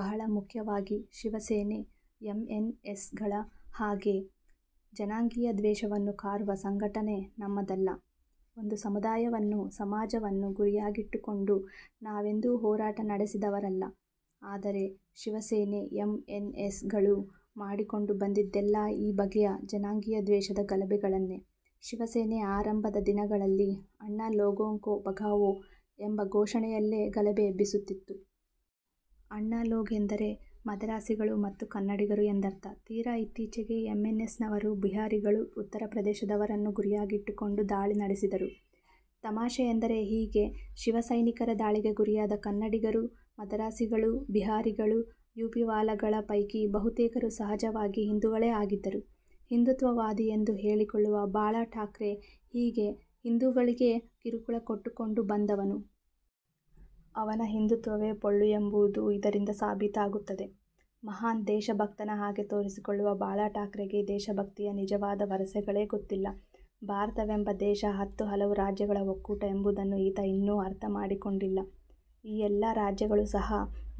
ಬಹಳ ಮುಖ್ಯವಾಗಿ ಶಿವಸೇನೆ, ಎಂಎನ್ಎಸ್ ಗಳ ಹಾಗೆ ಜನಾಂಗೀಯ ದ್ವೇಷವನ್ನು ಕಾರುವ ಸಂಘಟನೆ ನಮ್ಮದಲ್ಲ. ಒಂದು ಸಮುದಾಯವನ್ನು, ಸಮಾಜವನ್ನು ಗುರಿಯಾಗಿಟ್ಟುಕೊಂಡು ನಾವೆಂದೂ ಹೋರಾಟ ನಡೆಸಿದವರಲ್ಲ. ಆದರೆ ಶಿವಸೇನೆ, ಎಂಎನ್ಎಸ್ ಗಳು ಮಾಡಿಕೊಂಡು ಬಂದಿದ್ದೆಲ್ಲ ಈ ಬಗೆಯ ಜನಾಂಗೀಯ ದ್ವೇಷದ ಗಲಭೆಗಳನ್ನೆ. ಶಿವಸೇನೆ ಆರಂಭದ ದಿನಗಳಲ್ಲಿ 'ಅಣ್ಣಾ ಲೋಗೋಂ ಕೊ ಭಗಾವೋ ಎಂಬ ಘೋಷಣೆಯಲ್ಲೇ ಗಲಭೆ ಎಬ್ಬಿಸುತ್ತಿತ್ತು. ಅಣ್ಣಾ ಲೋಗ್ ಎಂದರೆ ಮದರಾಸಿಗಳು ಮತ್ತು ಕನ್ನಡಿಗರು ಎಂದರ್ಥ. ತೀರಾ ಇತ್ತೀಚಿಗೆ ಎಂಎನ್ಎಸ್ನವರು ಬಿಹಾರಿಗಳು, ಉತ್ತರ ಪ್ರದೇಶದವರನ್ನು ಗುರಿಯಾಗಿಟ್ಟುಕೊಂಡು ದಾಳಿ ನಡೆಸಿದರು. ತಮಾಷೆ ಎಂದರೆ ಹೀಗೆ ಶಿವಸೈನಿಕರ ದಾಳಿಗೆ ಗುರಿಯಾದ ಕನ್ನಡಿಗರು, ಮದರಾಸಿಗಳು, ಬಿಹಾರಿಗಳು, ಯುಪಿವಾಲಾಗಳ ಪೈಕಿ ಬಹುತೇಕರು ಸಹಜವಾಗಿ ಹಿಂದುಗಳೇ ಆಗಿದ್ದರು. ಹಿಂದುತ್ವವಾದಿ ಎಂದು ಹೇಳಿಕೊಳ್ಳುವ ಬಾಳಾ ಠಾಕ್ರೆ ಹೀಗೆ ಹಿಂದೂಗಳಿಗೇ ಕಿರುಕುಳ ಕೊಟ್ಟುಕೊಂಡು ಬಂದವನು. ಅವನ ಹಿಂದುತ್ವವೇ ಪೊಳ್ಳು ಎಂಬುದು ಇದರಿಂದ ಸಾಬೀತಾಗುತ್ತದೆ. ಮಹಾನ್ ದೇಶಭಕ್ತನ ಹಾಗೆ ತೋರಿಸಿಕೊಳ್ಳುವ ಬಾಳಠಾಕ್ರೆಗೆ ದೇಶಭಕ್ತಿಯ ನಿಜವಾದ ವರಸೆಗಳೇ ಗೊತ್ತಿಲ್ಲ. ಭಾರತವೆಂಬ ದೇಶ ಹತ್ತು ಹಲವು ರಾಜ್ಯಗಳ ಒಕ್ಕೂಟ ಎಂಬುದನ್ನು ಈತ ಇನ್ನೂ ಅರ್ಥ ಮಾಡಿಕೊಂಡಿಲ್ಲ. ಈ ಎಲ್ಲ ರಾಜ್ಯಗಳೂ ಸಹ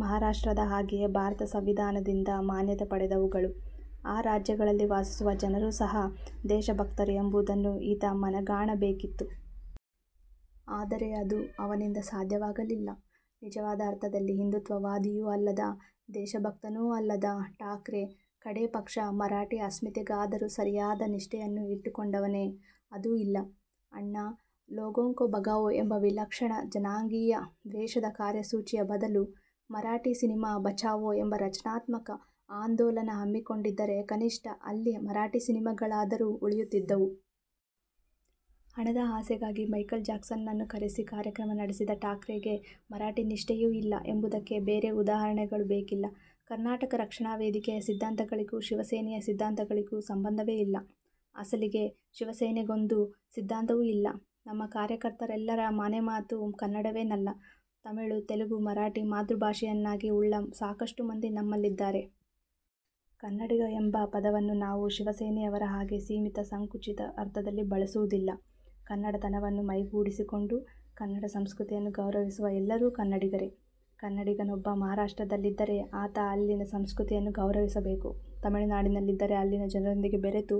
ಮಹಾರಾಷ್ಟ್ರದ ಹಾಗೆಯೇ ಭಾರತ ಸಂವಿಧಾನದಿಂದ ಮಾನ್ಯತೆ ಪಡೆದವುಗಳು, ಆ ರಾಜ್ಯಗಳಲ್ಲಿ ವಾಸಿಸುವ ಜನರೂ ಸಹ ದೇಶಭಕ್ತರು ಎಂಬುದನ್ನು ಈತ ಮನಗಾಣಬೇಕಿತ್ತು. ಆದರೆ ಅದು ಅವನಿಂದ ಸಾಧ್ಯವಾಗಲಿಲ್ಲ. ನಿಜವಾದ ಅರ್ಥದಲ್ಲಿ ಹಿಂದುತ್ವವಾದಿಯೂ ಅಲ್ಲದ, ದೇಶಭಕ್ತನೂ ಅಲ್ಲದ ಠಾಕ್ರೆ ಕಡೇ ಪಕ್ಷ ಮರಾಠೀ ಅಸ್ಮಿತೆಗಾದರೂ ಸರಿಯಾದ ನಿಷ್ಠೆಯನ್ನು ಇಟ್ಟುಕೊಂಡವನೇ? ಅದೂ ಇಲ್ಲ. 'ಅಣ್ಣಾ ಲೋಗೋಂ ಕೊ ಭಗಾವೋ ಎಂಬ ವಿಲಕ್ಷಣ, ಜನಾಂಗೀಯ ದ್ವೇಷದ ಕಾರ್ಯಸೂಚಿಯ ಬದಲು 'ಮರಾಠೀ ಸಿನಿಮಾ ಬಚಾವೋ ಎಂಬ ರಚನಾತ್ಮಕ ಆಂದೋಲನ ಹಮ್ಮಿಕೊಂಡಿದ್ದರೆ ಕನಿಷ್ಠ ಅಲ್ಲಿ ಮರಾಠಿ ಸಿನಿಮಾಗಳಾದರೂ ಉಳಿಯುತ್ತಿದ್ದವು. ಹಣದ ಆಸೆಗಾಗಿ ಮೈಕಲ್ ಜಾಕ್ಸನ್ನನ್ನು ಕರೆಸಿ ಕಾರ್ಯಕ್ರಮ ನಡೆಸಿದ ಠಾಕ್ರೆಗೆ ಮರಾಠಿ ನಿಷ್ಠೆಯೂ ಇಲ್ಲ ಎಂಬುದಕ್ಕೆ ಬೇರೆ ಉದಾಹರಣೆಗಳು ಬೇಕಿಲ್ಲ. ಕರ್ನಾಟಕ ರಕ್ಷಣಾ ವೇದಿಕೆಯ ಸಿದ್ಧಾಂತಗಳಿಗೂ ಶಿವಸೇನೆಯ ಸಿದ್ಧಾಂತಗಳಿಗೂ ಸಂಬಂಧವೇ ಇಲ್ಲ. ಅಸಲಿಗೆ ಶಿವಸೇನೆಗೊಂದು ಸಿದ್ಧಾಂತವೂ ಇಲ್ಲ. ನಮ್ಮ ಕಾರ್ಯಕರ್ತರೆಲ್ಲರ ಮನೆಮಾತು ಕನ್ನಡವೇನಲ್ಲ. ತಮಿಳು, ತೆಲುಗು, ಮರಾಠಿ ಮಾತೃಭಾಷೆಯನ್ನಾಗಿ ಉಳ್ಳ ಸಾಕಷ್ಟು ಮಂದಿ ನಮ್ಮಲ್ಲಿದ್ದಾರೆ. 'ಕನ್ನಡಿಗ ಎಂಬ ಪದವನ್ನು ನಾವು ಶಿವಸೇನೆಯವರ ಹಾಗೆ ಸೀಮಿತ, ಸಂಕುಚಿತ ಅರ್ಥದಲ್ಲಿ ಬಳಸುವುದಿಲ್ಲ. ಕನ್ನಡತನವನ್ನು ಮೈಗೂಡಿಸಿಕೊಂಡು, ಕನ್ನಡ ಸಂಸ್ಕೃತಿಯನ್ನು ಗೌರವಿಸುವ ಎಲ್ಲರೂ ಕನ್ನಡಿಗರೇ. ಕನ್ನಡಿಗನೊಬ್ಬ ಮಹಾರಾಷ್ಟ್ರದಲ್ಲಿದ್ದರೆ ಆತ ಅಲ್ಲಿನ ಸಂಸ್ಕೃತಿಯನ್ನು ಗೌರವಿಸಬೇಕು, ತಮಿಳುನಾಡಿನಲ್ಲಿದ್ದರೆ ಅಲ್ಲಿನ ಜನರೊಂದಿಗೆ ಬೆರೆತು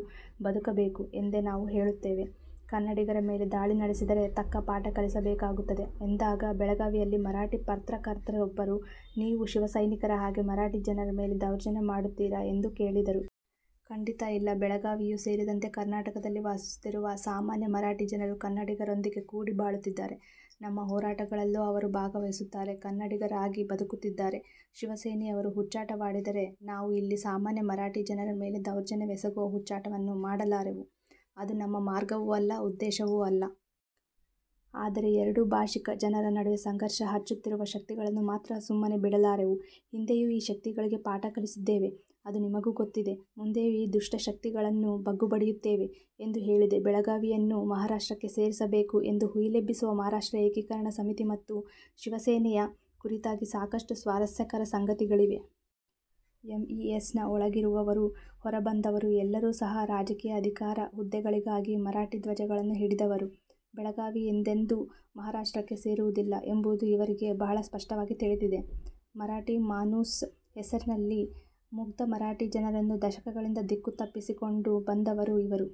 ಬದುಕಬೇಕು ಎಂದೇ ನಾವು ಹೇಳುತ್ತೇವೆ. 'ಕನ್ನಡಿಗರ ಮೇಲೆ ದಾಳಿ ನಡೆಸಿದರೆ, ತಕ್ಕ ಪಾಠ ಕಲಿಸಬೇಕಾಗುತ್ತದೆ ಎಂದಾಗ ಬೆಳಗಾವಿಯಲ್ಲಿ ಮರಾಠಿ ಪತ್ರಕರ್ತರೊಬ್ಬರು, 'ನೀವು ಶಿವಸೈನಿಕರ ಹಾಗೆ ಮರಾಠಿ ಜನರ ಮೇಲೆ ದೌರ್ಜನ್ಯ ಮಾಡುತ್ತೀರಾ ಎಂದು ಕೇಳಿದರು. 'ಖಂಡಿತ ಇಲ್ಲ, ಬೆಳಗಾವಿಯೂ ಸೇರಿದಂತೆ ಕರ್ನಾಟಕದಲ್ಲಿ ವಾಸಿಸುತ್ತಿರುವ ಸಾಮಾನ್ಯ ಮರಾಠಿ ಜನರು ಕನ್ನಡಿಗರೊಂದಿಗೆ ಕೂಡಿ ಬಾಳುತ್ತಿದ್ದಾರೆ. ನಮ್ಮ ಹೋರಾಟಗಳಲ್ಲೂ ಅವರು ಭಾಗವಹಿಸುತ್ತಾರೆ, ಕನ್ನಡಿಗರಾಗಿ ಬದುಕುತ್ತಿದ್ದಾರೆ. ಶಿವಸೇನೆಯವರು ಹುಚ್ಚಾಟವಾಡಿದರೆ, ನಾವು ಇಲ್ಲಿ ಸಾಮಾನ್ಯ ಮರಾಠಿ ಜನರ ಮೇಲೆ ದೌರ್ಜನ್ಯವೆಸಗುವ ಹುಚ್ಚಾಟವನ್ನು ಮಾಡಲಾರೆವು. ಅದು ನಮ್ಮ ಮಾರ್ಗವೂ ಅಲ್ಲ, ಉದ್ದೇಶವೂ ಅಲ್ಲ. ಆದರೆ ಎರಡೂ ಭಾಷಿಕ ಜನರ ನಡುವೆ ಸಂಘರ್ಷ ಹಚ್ಚುತ್ತಿರುವ ಶಕ್ತಿಗಳನ್ನು ಮಾತ್ರ ಸುಮ್ಮನೆ ಬಿಡಲಾರೆವು. ಹಿಂದೆಯೂ ಈ ಶಕ್ತಿಗಳಿಗೆ ಪಾಠ ಕಲಿಸಿದ್ದೇವೆ. ಅದು ನಿಮಗೂ ಗೊತ್ತಿದೆ. ಮುಂದೆಯೂ ಈ ದುಷ್ಟ ಶಕ್ತಿಗಳನ್ನು ಬಗ್ಗುಬಡಿಯುತ್ತೇವೆ. ಎಂದು ಹೇಳಿದೆ. ಬೆಳಗಾವಿಯನ್ನು ಮಹಾರಾಷ್ಟ್ರಕ್ಕೆ ಸೇರಿಸಬೇಕು ಎಂದು ಹುಯಿಲೆಬ್ಬಿಸುವ ಮಹಾರಾಷ್ಟ್ರ ಏಕೀಕರಣ ಸಮಿತಿ ಮತ್ತು ಶಿವಸೇನೆಯ ಕುರಿತಾಗಿ ಸಾಕಷ್ಟು ಸ್ವಾರಸ್ಯಕರ ಸಂಗತಿಗಳಿವೆ. ಎಂಇಎಸ್ನ ಒಳಗಿರುವವರು, ಹೊರಬಂದವರು ಎಲ್ಲರೂ ಸಹ ರಾಜಕೀಯ ಅಧಿಕಾರ-ಹುದ್ದೆಗಳಿಗಾಗಿ ಮರಾಠಿ ಧ್ವಜಗಳನ್ನು ಹಿಡಿದವರು. ಬೆಳಗಾವಿ ಎಂದೆಂದೂ ಮಹಾರಾಷ್ಟ್ರಕ್ಕೆ ಸೇರುವುದಿಲ್ಲ ಎಂಬುದು ಇವರಿಗೆ ಬಹಳ ಸ್ಪಷ್ಟವಾಗಿ ತಿಳಿದಿದೆ. ಮರಾಠಿ ಮಾನೂಸ್ ಹೆಸರಿನಲ್ಲಿ ಮುಗ್ಧ ಮರಾಠಿ ಜನರನ್ನು ದಶಕಗಳಿಂದ ದಿಕ್ಕು ತಪ್ಪಿಸಿಕೊಂಡು ಬಂದವರು ಇವರು.